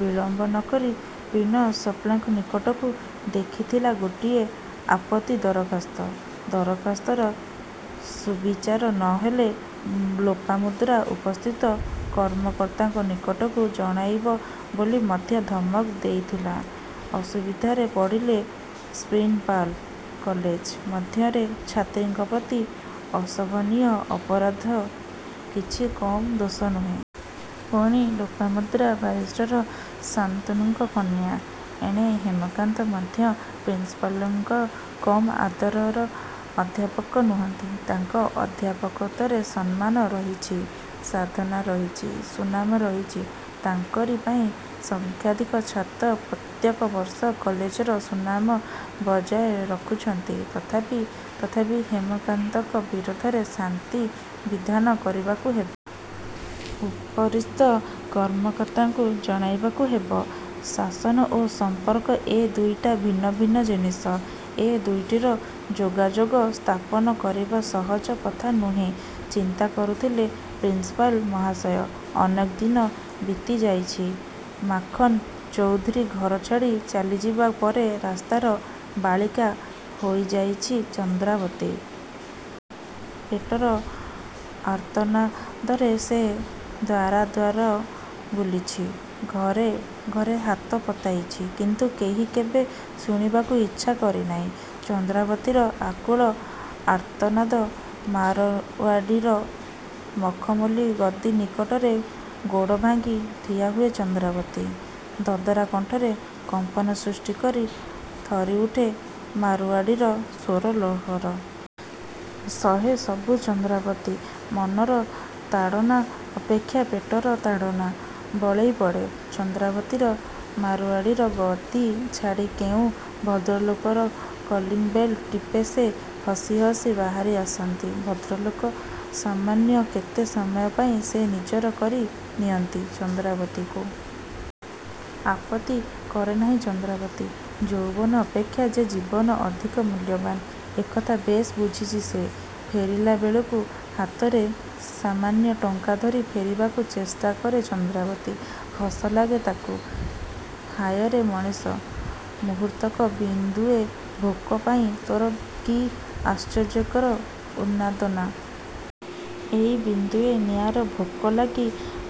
ବିଳମ୍ବ ନ କରି ପ୍ରିନସପାଲ୍ଙ୍କ ନିକଟକୁ ଲେଖିଥିଲା ଗୋଟିଏ ଆପତ୍ତି ଦରଖାସ୍ତ। ଦରଖାସ୍ତର ସୁବିଚାର ନ ହେଲେ ଲୋପାମୁଦ୍ରା ଉପରିସ୍ଥ କର୍ମକର୍ତ୍ତାଙ୍କ ନିକଟକୁ ଜଣାଇବ ବୋଲି ମଧ୍ୟ ଧମକ୍ ଦେଇଥିଲା। ଅସୁବିଧାରେ ପଡ଼ିଲେ ପ୍ରିନ୍ସପାଲ କଲେଜ ମଧ୍ୟରେ ଛାତ୍ରୀଙ୍କ ପ୍ରତି ଅଶୋଭନୀୟ ଅପରାଧ କିଛି କମ ଦୋଷ ନୁହେଁ। ପୁଣି ଲୋପାମୁଦ୍ରା ବାରିଷ୍ଟର ଶାନ୍ତନୁଙ୍କ କନ୍ୟା। ଏଣେ ହେମକାନ୍ତ ମଧ୍ୟ ପ୍ରିନ୍ସପାଲଙ୍କର କମ୍ ଆଦରର ଅଧ୍ୟାପକ ନୁହଁନ୍ତି। ତାଙ୍କ ଅଧ୍ୟାପକତ୍ୱରେ ସମ୍ମାନ ରହିଛି। ସାଧନା ରହିଛି ସୁନାମ ରହିଛି। ତାଙ୍କରି ପାଇଁ ସଂଖ୍ୟାଧିକ ଛାତ୍ର ପ୍ରତ୍ୟେକ ବର୍ଷ କଲେଜର ସୁନାମ ବଜାୟ ରଖୁଛନ୍ତି ତଥାପି... ତଥାପି ହେମକାନ୍ତଙ୍କ ବିରୋଧରେ ଶାସ୍ତି ବିଧାନ କରିବାକୁ ହେବ। ଉପରିସ୍ଥ କର୍ମର୍ତ୍ତାଙ୍କୁ ଜଣାଇବାକୁ ହେବ। ଶାସନ ଓ ସମ୍ପର୍କ ଏ ଦୁଇଟା ଭିନ୍ନ ଭିନ୍ନ ଜିନିଷ। ଏ ଦୁଇଟିର ଯୋଗାଯୋଗ ସ୍ଥାପନ କରିବା ସହଜ କଥା ନୁହେଁ ଚିନ୍ତା କରୁଥିଲେ ପ୍ରିନ୍ସପାଲ ମହାଶୟ ଅନେକ ଦିନ ବିତିଯାଇଛି। ମାଖନ୍ ଚୌଧୁରୀ ଘର ଛାଡ଼ି ଚାଲିଯିବା ପରେ ରାସ୍ତାର ବାଳିକା ହୋଇଯାଇଛି ଚନ୍ଦ୍ରାବତୀ। ପେଟର ଆର୍ତ୍ତନାଦରେ ସେ ଦ୍ୱାରା ଦ୍ୱାର ବୁଲିଛି। ଘରେ ଘରେ ହାତ ପତାଇଛି। କିନ୍ତୁ କେହି କେବେ ଶୁଣିବାକୁ ଇଚ୍ଛା କରିନାହିଁ ଚନ୍ଦ୍ରାବତୀର ଆକୁଳ ଆର୍ତ୍ତନାଦ। ମାରୱାଡ଼ିର ମଖମଲୀ ଗଦି ନିକଟରେ ଗୋଡ଼ ଭାଙ୍ଗି ଠିଆହୁଏ ଚନ୍ଦ୍ରାବତୀ। ଦଦରା କଣ୍ଠରେ କମ୍ପନ ସୃଷ୍ଟି କରି ଥରିଉଠେ ମାରୱାଡ଼ିର ସ୍ୱର ଲହର। ସହେ ସବୁ ଚନ୍ଦ୍ରାବତୀ। ମନର ତାଡ଼ନା ଅପେକ୍ଷା ପେଟର ତାଡ଼ନା ବଳେଇ ପଡ଼େ ଚନ୍ଦ୍ରାବତୀର। ମାରୱାଡ଼ିର ଗଦି ଛାଡ଼ି କେଉଁ ଭଦ୍ରଲୋକର କଲିଂ ବେଲ୍ ଟିପେ ସେ। ହସି ହସି ବାହାରି ଆସନ୍ତି ଭଦ୍ରଲୋକ। ସାମାନ୍ୟ କେତେ ସମୟ ପାଇଁ ସେ ନିଜର କରି ନିଅନ୍ତି ଚନ୍ଦ୍ରାବତୀକୁ-। ଆପତ୍ତି କରେନାହିଁ ଚନ୍ଦ୍ରାବତୀ। ଯୌବନ ଅପେକ୍ଷା ଯେ ଜୀବନ ଅଧିକ ମୂଲ୍ୟବାନ–ଏ କଥା ବେଶ୍ ବୁଝିଛି ସେ। ଫେରିଲା ବେଳକୁ ହାତରେ ସାମାନ୍ୟ ଟଙ୍କା ଧରି ଫେରିବାକୁ ଚେଷ୍ଟାକରେ ଚନ୍ଦ୍ରାବତୀ। ହସ ଲାଗେ ତାକୁ। ହାୟରେ ମଣିଷ। ମୁହୂର୍ତ୍ତକର ବିନ୍ଦୁଏ ଭୋକ ପାଇଁ ତୋର କି ଆଶ୍ଚର୍ଯ୍ୟକର ଉନ୍ନାଦନା-!! ଏଇ ବିନ୍ଦୁଏ ନିଆଁର ଭୋକ ଲାଗି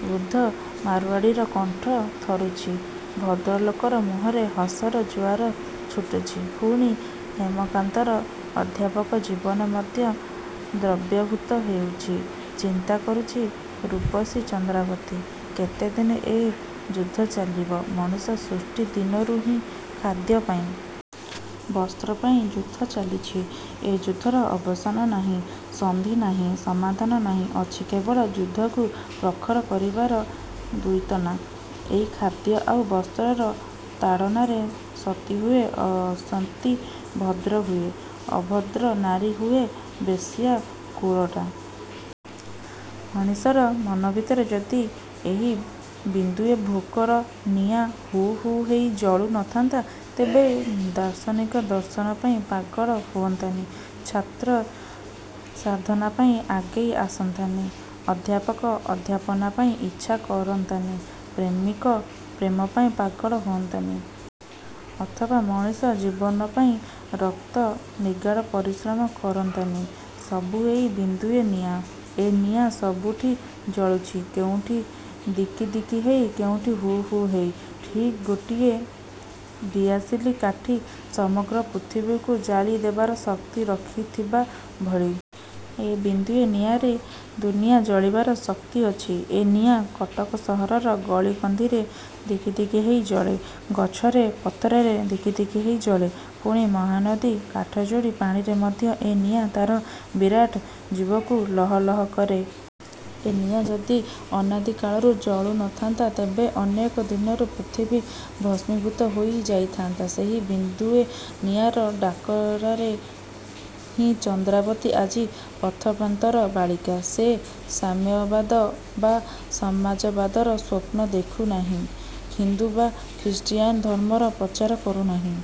ବୃଦ୍ଧ ମାରୱାଡ଼ିର କଣ୍ଠ ଥରୁଛି... ଭଦ୍ରଲୋକର ମୁହଁରେ ହସର ଜୁଆର ଛୁଟୁଛି... ପୁଣି ହେମକାନ୍ତର ଅଧ୍ୟାପକ ଜୀବନ ମଧ୍ୟ ଦ୍ରବୀଭୂତ ହେଉଛି... ଚିନ୍ତା କରୁଛି ରୂପସୀ ଚନ୍ଦ୍ରାବତୀ... କେତେଦିନ ଏ ଯୁଦ୍ଧ ଚାଲିବ? ମଣିଷ ସୃଷ୍ଟି ଦିନରୁ ହିଁ ଖାଦ୍ୟ ପାଇଁ.. ବସ୍ତ୍ର ପାଇଁ ଯୁଦ୍ଧ ଚାଲିଛି। ଏ ଯୁଦ୍ଧର ଅବସାନ ନାହିଁ। ସନ୍ଧି ନାହିଁ.. ସମାଧାନ ନାହିଁ। ଅଛି କେବଳ ଯୁଦ୍ଧକୁ ପ୍ରଖର। କରିବାର ଦ୍ୱେତନା। ଏଇ ଖାଦ୍ୟ ଆଉ ବସ୍ତ୍ରର ତାଡ଼ନାରେ ସତି ହୁଏ ଅସତୀ। ଭଦ୍ର ହୁଏ ଅଭଦ୍ର। ନାରୀ ହୁଏ ବେଶ୍ୟା, କୁଳଟା। ମଣିଷର ମନ ଭିତରେ ଯଦି ଏହି ବିନ୍ଦୁଏ ଭୋକର ନିଆଁ ହୁ... ହୁ... ହେଇ ଜଳୁ ନ ଥାନ୍ତା ତେବେ ଦାର୍ଶନିକ ଦର୍ଶନ ପାଇଁ ପାଗଳ ହୁଅନ୍ତାନି.. ଛାତ୍ର... ସାଧନା ପାଇଁ ଆଗେଇ ଆସନ୍ତାନି। ଅଧ୍ୟାପକ ଅଧ୍ୟାପନା ପାଇଁ ଇଚ୍ଛା କରନ୍ତାନି... ପ୍ରେମିକ ପ୍ରେମପାଇଁ ପାଗଳ ହୁଅନ୍ତାନି... ଅଥବା ମଣିଷ.. ଜୀବନପାଇଁ ରକ୍ତ ନିଗାଡ଼ ପରିଶ୍ରମ କରନ୍ତାନି। ସବୁ ଏଇ ବିନ୍ଦୁଏ ନିଆଁ। ଏ ନିଆଁ ସବୁଠି ଜଳୁଛି। କେଉଁଠି ଦିକି ଦିକି ହେଇ.. କେଉଁଠି ହୁ... ହୁ... ହେଇ। ଠିକ୍ ଗୋଟିଏ ଦିଆସିଲି କାଠି ସମଗ୍ର ପୃଥିବୀକୁ ଜାଳି ଦେବାର ଶକ୍ତି ରଖିଥିବା ଭଳି... ଏ ବିନ୍ଦୁଏ ନିଆଁରେ ଦୁନିଆଁ ଜଳିବାର ଶକ୍ତି ଅଛି। ଏ ନିଆଁ କଟକ ସହରର ଗଳି କନ୍ଦିରେ ଦିକି ଦିକି ହେଇ ଜଳେ..। ଗଛରେ ପତ୍ରରେ ଦିକି ଦିକି ହେଇ ଜଳେ। ପୁଣି ମହାନଦୀ କାଠଯୋଡ଼ି ପାଣିରେ ମଧ୍ୟ ଏ ନିଆଁ ତା'ର ବିରାଟ ଜିଭକୁ ଲହ ଲହ କରେ। ଏ ନିଆଁ ଯଦି ଅନାଦି କାଳରୁ ଜଳୁ ନ ଥାନ୍ତା.. ତେବେ ଅନେକ ଦିନରୁ ପୃଥିବୀ ଭସ୍ମୀଭୂତ ହୋଇ ଯାଇଥାନ୍ତା। ସେହି ବିନ୍ଦୁଏ ନିଆଁର ଡାକରାରେ ହିଁ ଚନ୍ଦ୍ରାବତୀ ଆଜି ପଥପ୍ରାନ୍ତର ବାଳିକା। ସେ ସାମ୍ୟବାଦ ବା ସମାଜବାଦର ସ୍ୱପ୍ନ ଦେଖୁନାହିଁ। ହିନ୍ଦୁ ବା ଖ୍ରୀଷ୍ଟିଆନ୍ ଧର୍ମର ପ୍ରଚାର କରୁନାହିଁ।